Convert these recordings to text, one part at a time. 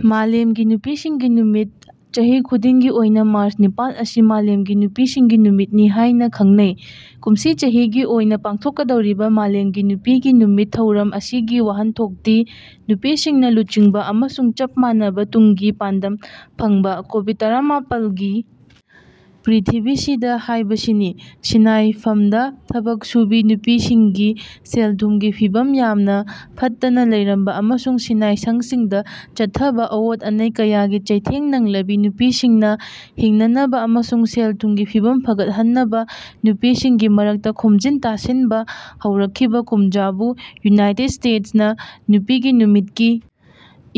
ꯃꯥꯂꯦꯝꯒꯤ ꯅꯨꯄꯤꯁꯤꯡꯒꯤ ꯅꯨꯃꯤꯠ ꯆꯍꯤ ꯈꯨꯗꯤꯡꯒꯤ ꯑꯣꯏꯅ ꯃꯥꯔꯆ ꯅꯤꯄꯥꯜ ꯑꯁꯤ ꯃꯥꯂꯦꯝꯒꯤ ꯅꯨꯄꯤꯁꯤꯡꯒꯤ ꯅꯨꯃꯤꯠ ꯅꯤ ꯍꯥꯏꯅ ꯈꯪꯅꯩ꯫ꯀꯨꯝꯁꯤ ꯆꯍꯤꯒꯤ ꯑꯣꯏꯅ ꯄꯥꯡꯊꯣꯛꯀꯗꯧꯔꯤꯕ ꯃꯥꯂꯦꯝꯒꯤ ꯅꯨꯄꯤꯒꯤ ꯅꯨꯃꯤꯠ ꯊꯧꯔꯝ ꯑꯁꯤꯒꯤ ꯋꯥꯍꯟꯊꯣꯛꯇꯤ ꯅꯨꯄꯤꯁꯤꯡꯅ ꯂꯨꯆꯤꯡꯕ ꯑꯃꯁꯨꯡ ꯆꯞ ꯃꯥꯟꯅꯕ ꯇꯨꯡꯒꯤ ꯄꯥꯟꯗꯝ ꯐꯪꯕ ꯀꯣꯚꯤꯗ-ꯇꯔꯥꯃꯥꯄꯜꯒꯤ ꯄ꯭ꯔꯤꯊꯤꯕꯤꯁꯤꯗ ꯍꯥꯏꯕꯁꯤꯅꯤ꯫ꯁꯤꯅꯥꯏꯐꯝꯗ ꯊꯕꯛ ꯁꯨꯕꯤ ꯅꯨꯄꯤꯁꯤꯡꯒꯤ ꯁꯦꯜ-ꯊꯨꯝꯒꯤ ꯐꯤꯚꯝ ꯌꯥꯝꯅ ꯐꯠꯇꯅ ꯂꯩꯔꯝꯕ ꯑꯃꯁꯨꯡ ꯁꯤꯟꯅꯥꯏꯁꯪꯁꯤꯡꯗ ꯆꯠꯊꯕ ꯑꯑꯣꯠ ꯑꯅꯩ ꯀꯌꯥꯒꯤ ꯆꯩꯊꯦꯡ ꯅꯪꯂꯕꯤ ꯅꯨꯄꯤꯁꯤꯡꯅ ꯍꯤꯡꯅꯅꯕ ꯑꯃꯁꯨꯡ ꯁꯦꯜ-ꯊꯨꯝꯒꯤ ꯐꯤꯚꯝ ꯐꯒꯠꯍꯟꯅꯕ ꯅꯨꯄꯤꯁꯤꯡꯒꯤ ꯃꯔꯛꯇ ꯈꯣꯝꯖꯤꯟ-ꯇꯥꯁꯤꯟꯕ ꯍꯧꯔꯛꯈꯤꯕ ꯀꯨꯝꯖꯥꯕꯨ ꯌꯨꯅꯥꯏꯇꯦꯗ ꯁ꯭ꯇꯦꯠꯁꯅ ꯅꯨꯄꯤꯒꯤ ꯅꯨꯃꯤꯠꯀꯤ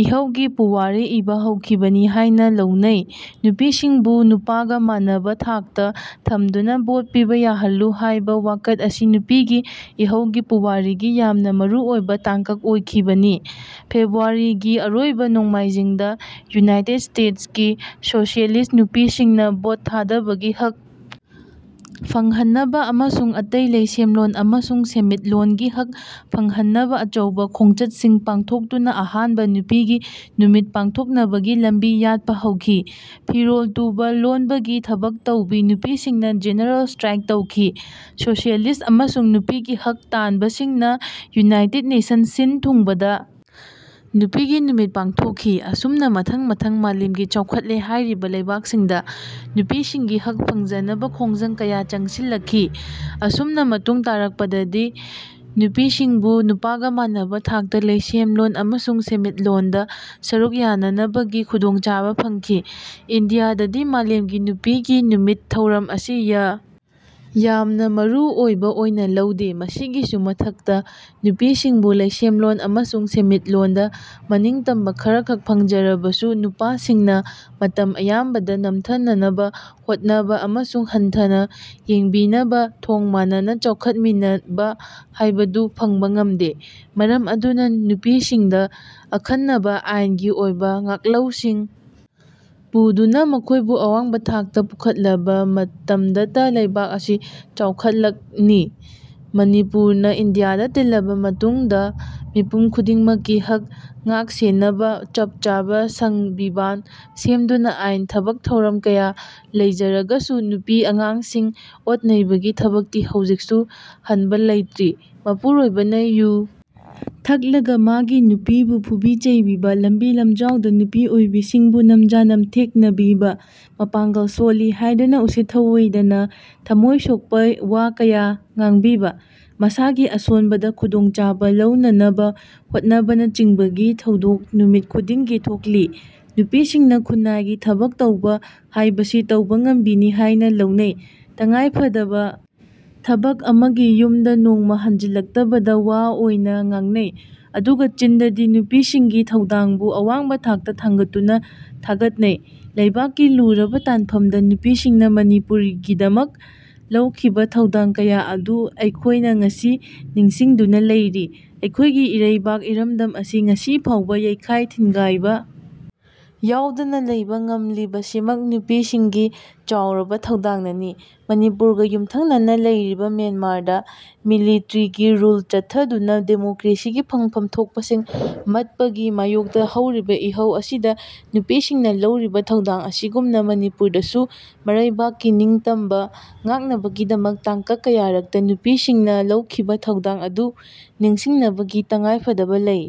ꯏꯍꯧꯒꯤ ꯄꯨꯋꯥꯔꯤ ꯏꯕ ꯍꯧꯈꯤꯕꯅꯤ ꯍꯥꯏꯅ ꯂꯧꯅꯩ꯫ꯅꯨꯄꯤꯁꯤꯡꯕꯨ ꯅꯨꯄꯥꯒ ꯃꯥꯟꯅꯕ ꯊꯥꯛꯇ ꯊꯝꯗꯨꯅ ꯚꯣꯠ ꯄꯤꯕ ꯌꯥꯍꯜꯂꯨ ꯍꯥꯏꯕ ꯋꯥꯀꯠ ꯑꯁꯤ ꯅꯨꯄꯤꯒꯤ ꯏꯍꯧꯒꯤ ꯄꯨꯋꯥꯔꯤꯒꯤ ꯌꯥꯝꯅ ꯃꯔꯨ ꯑꯣꯏꯕ ꯇꯥꯡꯀꯛ ꯑꯣꯏꯈꯤꯕꯅꯤ꯫ꯐꯦꯕ꯭ꯔꯨꯋꯥꯔꯤꯒꯤ ꯑꯔꯣꯏꯕ ꯅꯣꯡꯃꯥꯏꯖꯤꯡꯗ ꯌꯨꯅꯥꯏꯇꯦꯗ ꯁ꯭ꯇꯦꯠꯁꯀꯤ ꯁꯣꯁꯤꯌꯦꯂꯤꯁꯠ ꯅꯨꯄꯤꯁꯤꯡꯅ ꯚꯣꯠ ꯊꯥꯗꯕꯒꯤ ꯍꯛ ꯐꯪꯍꯟꯅꯕ ꯑꯃꯁꯨꯡ ꯑꯇꯩ ꯂꯩꯁꯦꯝꯂꯣꯟ ꯑꯃꯁꯨꯡ ꯁꯦꯟꯃꯤꯠꯂꯣꯟꯒꯤ ꯍꯛ ꯐꯪꯍꯟꯅꯕ ꯑꯆꯧꯕ ꯈꯣꯡꯆꯠꯁꯤꯡ ꯄꯥꯡꯊꯣꯛꯇꯨꯅ ꯑꯍꯥꯟꯕ ꯅꯨꯄꯤꯒꯤ ꯅꯨꯃꯤꯠ ꯄꯥꯡꯊꯣꯛꯅꯕꯒꯤ ꯂꯝꯕꯤ ꯌꯥꯠꯄ ꯍꯧꯈꯤ꯫ꯐꯤ-ꯔꯣꯜ ꯇꯨꯕ, ꯂꯣꯟꯕꯒꯤ ꯊꯕꯛ ꯇꯧꯕꯤ ꯅꯨꯄꯤꯁꯤꯡꯅ ꯖꯦꯅꯔꯦꯜ ꯁ꯭ꯇꯔꯥꯏꯛ ꯇꯧꯈꯤ꯫ꯁꯣꯁꯤꯌꯦꯂꯤꯁꯠ ꯑꯃꯁꯨꯡ ꯅꯨꯄꯤꯒꯤ ꯍꯛ ꯇꯥꯟꯕꯁꯤꯡꯅ ꯌꯨꯅꯤꯏꯇꯦꯠ ꯅꯦꯁꯟ ꯁꯤꯟ-ꯊꯨꯡꯕꯗ ꯅꯨꯄꯤꯒꯤ ꯅꯨꯃꯤꯠ ꯄꯥꯡꯊꯣꯛꯈꯤ꯫ꯑꯁꯨꯝꯅ ꯃꯊꯪ-ꯃꯊꯪ ꯃꯥꯂꯦꯝꯒꯤ ꯆꯥꯎꯈꯠꯂꯦ ꯍꯥꯏꯔꯤꯕ ꯂꯩꯕꯥꯛꯁꯤꯡꯗ ꯅꯨꯄꯤꯁꯤꯡꯒꯤ ꯍꯛ ꯐꯪꯖꯅꯕ ꯈꯣꯡꯖꯪ ꯀꯌꯥ ꯆꯪꯁꯤꯜꯂꯛꯈꯤ꯫ꯑꯃꯁꯨꯝꯅ ꯃꯇꯨꯡ ꯇꯥꯔꯛꯄꯗꯗꯤ ꯅꯨꯄꯤꯁꯤꯡꯕꯨ ꯅꯨꯄꯥꯒꯥ ꯃꯥꯟꯅꯕ ꯊꯥꯛꯇ ꯂꯩꯁꯦꯝꯂꯣꯟ ꯑꯃꯁꯨꯡ ꯁꯦꯟꯃꯤꯠꯂꯣꯟꯗ ꯁꯔꯨꯛ ꯌꯥꯅꯅꯕꯒꯤ ꯈꯨꯗꯣꯡꯆꯥꯕ ꯐꯪꯈꯤ꯫ꯏꯟꯗꯤꯌꯥꯗꯗꯤ ꯃꯥꯂꯦꯝꯒꯤ ꯅꯨꯄꯤꯒꯤ ꯅꯨꯃꯤꯠ ꯊꯧꯔꯝ ꯑꯁꯤ ꯌ ꯌꯥꯝꯅ ꯃꯔꯨ ꯑꯣꯏꯕ ꯑꯣꯏꯅ ꯂꯧꯗꯦ꯫ꯃꯁꯤꯒꯤꯁꯨ ꯃꯊꯛꯇ ꯅꯨꯄꯤꯁꯤꯡꯕꯨ ꯂꯩꯁꯦꯝꯂꯣꯟ ꯑꯃꯁꯨꯡ ꯁꯦꯟꯃꯤꯠꯂꯣꯟꯗ ꯃꯅꯤꯡꯇꯝꯕ ꯈꯔꯈꯛ ꯐꯪꯖꯔꯒꯁꯨ ꯅꯨꯄꯥꯁꯤꯡꯅ ꯃꯇꯝ ꯑꯌꯥꯝꯕꯗ ꯅꯝꯊꯅꯅꯕ ꯍꯣꯠꯅꯕ ꯑꯃꯁꯨꯡ ꯍꯟꯊꯅ ꯌꯦꯡꯕꯤꯕꯅ ꯊꯣꯡ ꯃꯥꯟꯅꯅ ꯆꯥꯎꯈꯠꯃꯤꯟꯅꯕ ꯍꯥꯏꯕꯗꯨ ꯐꯪꯕ ꯉꯝꯗꯦ꯫ꯃꯔꯝ ꯑꯗꯨꯅ ꯅꯨꯄꯤꯁꯤꯡꯗ ꯑꯈꯟꯅꯕ ꯑꯥꯏꯟꯒꯤ ꯑꯣꯏꯕ ꯉꯥꯛꯂꯧꯁꯤꯡ ꯄꯨꯗꯨꯅ ꯃꯈꯣꯏꯕꯨ ꯑꯋꯥꯡꯕ ꯊꯥꯛꯇ ꯄꯨꯈꯠꯂꯕ ꯃꯇꯝꯗꯇ ꯂꯩꯕꯥꯛ ꯑꯁꯤ ꯆꯥꯎꯈꯠꯂꯛꯅꯤ꯫ꯃꯅꯤꯄꯨꯔꯅ ꯏꯟꯗꯤꯌꯥꯗ ꯇꯤꯜꯂꯕ ꯇꯨꯡꯗ ꯃꯤꯄꯨꯝ ꯈꯨꯗꯤꯡꯃꯛꯀꯤ ꯍꯛ ꯉꯥꯛ-ꯁꯦꯟꯅꯕ ꯆꯞ ꯆꯥꯕ ꯁꯪꯕꯤꯚꯥꯟ ꯁꯦꯝꯗꯨꯅ ꯑꯥꯏꯟ ꯊꯕꯛ ꯊꯧꯔꯝ ꯀꯌꯥ ꯂꯩꯖꯔꯒꯁꯨ ꯅꯨꯄꯤ-ꯑꯉꯥꯡꯁꯤꯡ ꯑꯣꯠ ꯅꯩꯕꯒꯤ ꯊꯕꯛꯇꯤ ꯍꯧꯖꯤꯛꯁꯨ ꯍꯟꯕ ꯂꯩꯇ꯭ꯔꯤ꯫ꯃꯄꯨꯔꯣꯏꯕꯅ ꯌꯨ ꯊꯛꯂꯒ ꯃꯥꯒꯤ ꯅꯨꯄꯤꯕꯨ ꯐꯨꯕꯤ-ꯆꯩꯕꯤꯕ, ꯂꯝꯕꯤ-ꯂꯝꯖꯥꯎꯗ ꯅꯨꯄꯤ ꯑꯣꯏꯕꯤꯁꯤꯡꯕꯨ ꯅꯝꯖꯥ-ꯅꯝꯊꯦꯛꯅꯕꯤꯕ, ꯃꯄꯥꯡꯒꯜ ꯁꯣꯜꯂꯤ ꯍꯥꯏꯗꯨꯅ ꯎꯁꯤꯠ-ꯊꯑꯣꯏꯗꯅ ꯊꯝꯃꯣꯏ ꯁꯣꯛꯄ ꯋꯥ ꯀꯌꯥ ꯉꯥꯡꯕꯤꯕ, ꯃꯁꯥꯒꯤ ꯑꯁꯣꯟꯕꯗ ꯈꯨꯗꯣꯡꯆꯥꯕ ꯂꯧꯅꯅꯕ ꯍꯣꯠꯅꯕꯅꯆꯤꯡꯕꯒꯤ ꯊꯧꯗꯣꯛ ꯅꯨꯃꯤꯠ ꯈꯨꯗꯤꯡꯒꯤ ꯊꯣꯛꯂꯤ꯫ꯅꯨꯄꯤꯁꯤꯡꯅ ꯈꯨꯟꯅꯥꯏꯒꯤ ꯊꯕꯛ ꯇꯧꯕ ꯍꯥꯏꯕꯁꯤ ꯇꯧꯕꯉꯝꯕꯤꯅꯤ ꯍꯥꯏꯅ ꯂꯧꯅꯩ꯫ꯇꯉꯥꯏꯐꯗꯕ ꯊꯕꯛ ꯑꯃꯒꯤ ꯃꯌꯨꯝꯗ ꯅꯣꯡꯃꯥ ꯍꯟꯖꯤꯜꯂꯛꯇꯕꯗ ꯋꯥ ꯑꯣꯏꯅ ꯉꯥꯡꯅꯩ꯫ꯑꯗꯨꯒ ꯆꯤꯟꯗꯗꯤ ꯅꯨꯄꯤꯁꯤꯡꯒꯤ ꯊꯧꯗꯥꯡꯕꯨ ꯑꯋꯥꯡꯕ ꯊꯥꯛꯇ ꯊꯥꯡꯒꯠꯇꯨꯅ ꯊꯥꯒꯠꯅꯩ꯫ꯂꯩꯕꯥꯛꯀꯤ ꯂꯨꯔꯕ ꯇꯥꯟꯐꯝꯗ ꯅꯨꯄꯤꯁꯤꯡꯅ ꯃꯅꯤꯄꯨꯔꯒꯤꯗꯃꯛ ꯂꯧꯈꯤꯕ ꯊꯧꯗꯥꯡ ꯀꯌꯥ ꯑꯗꯨ ꯑꯩꯈꯣꯏꯅ ꯉꯁꯤ ꯅꯤꯡꯁꯤꯡꯗꯨꯅ ꯂꯩꯔꯤ꯫ꯑꯩꯈꯣꯏꯒꯤ ꯏꯔꯩꯕꯥꯛ ꯏꯔꯝꯗꯝ ꯑꯁꯤ ꯉꯁꯤ ꯐꯥꯎꯕ ꯌꯩꯈꯥꯏ-ꯊꯤꯟꯒꯥꯏꯕ ꯌꯥꯎꯗꯅ ꯂꯩꯕ ꯉꯝꯂꯤꯕꯁꯤꯃꯛ ꯅꯨꯄꯤꯁꯤꯡꯒꯤ ꯆꯥꯎꯔꯕ ꯊꯧꯗꯥꯡꯅꯅꯤ꯫ꯃꯅꯤꯄꯨꯔꯒ ꯌꯨꯝꯊꯪꯅꯅ ꯂꯩꯔꯤꯕ ꯃ꯭ꯌꯥꯟꯃꯥꯔꯗ ꯃꯤꯂꯤꯇꯔꯤꯒꯤ ꯔꯨꯜ ꯆꯠꯊꯗꯨꯅ ꯗꯤꯃꯣꯀ꯭ꯔꯦꯁꯤꯒꯤ ꯐꯪꯐꯝ ꯊꯣꯛꯄꯁꯤꯡ ꯃꯠꯄꯒꯤ ꯃꯥꯌꯣꯛꯇ ꯍꯧꯔꯤꯕ ꯏꯍꯧ ꯑꯁꯤꯗ ꯅꯨꯄꯤꯁꯤꯡꯅ ꯂꯧꯔꯤꯕ ꯊꯧꯗꯥꯡ ꯑꯁꯤꯒꯨꯝꯅ ꯃꯅꯤꯄꯨꯔꯗꯁꯨꯃꯔꯩꯕꯥꯛꯀꯤ ꯅꯤꯡꯇꯝꯕ ꯉꯥꯛꯅꯕꯒꯤꯗꯃꯛ ꯇꯥꯡꯀꯛ ꯀꯌꯥꯔꯛꯇ ꯅꯨꯄꯤꯁꯤꯡꯅ ꯂꯧꯈꯤꯕ ꯊꯧꯗꯥꯡ ꯑꯗꯨ ꯅꯤꯡꯁꯤꯡꯅꯕꯒꯤ ꯇꯉꯥꯏꯐꯗꯕ ꯂꯩ꯫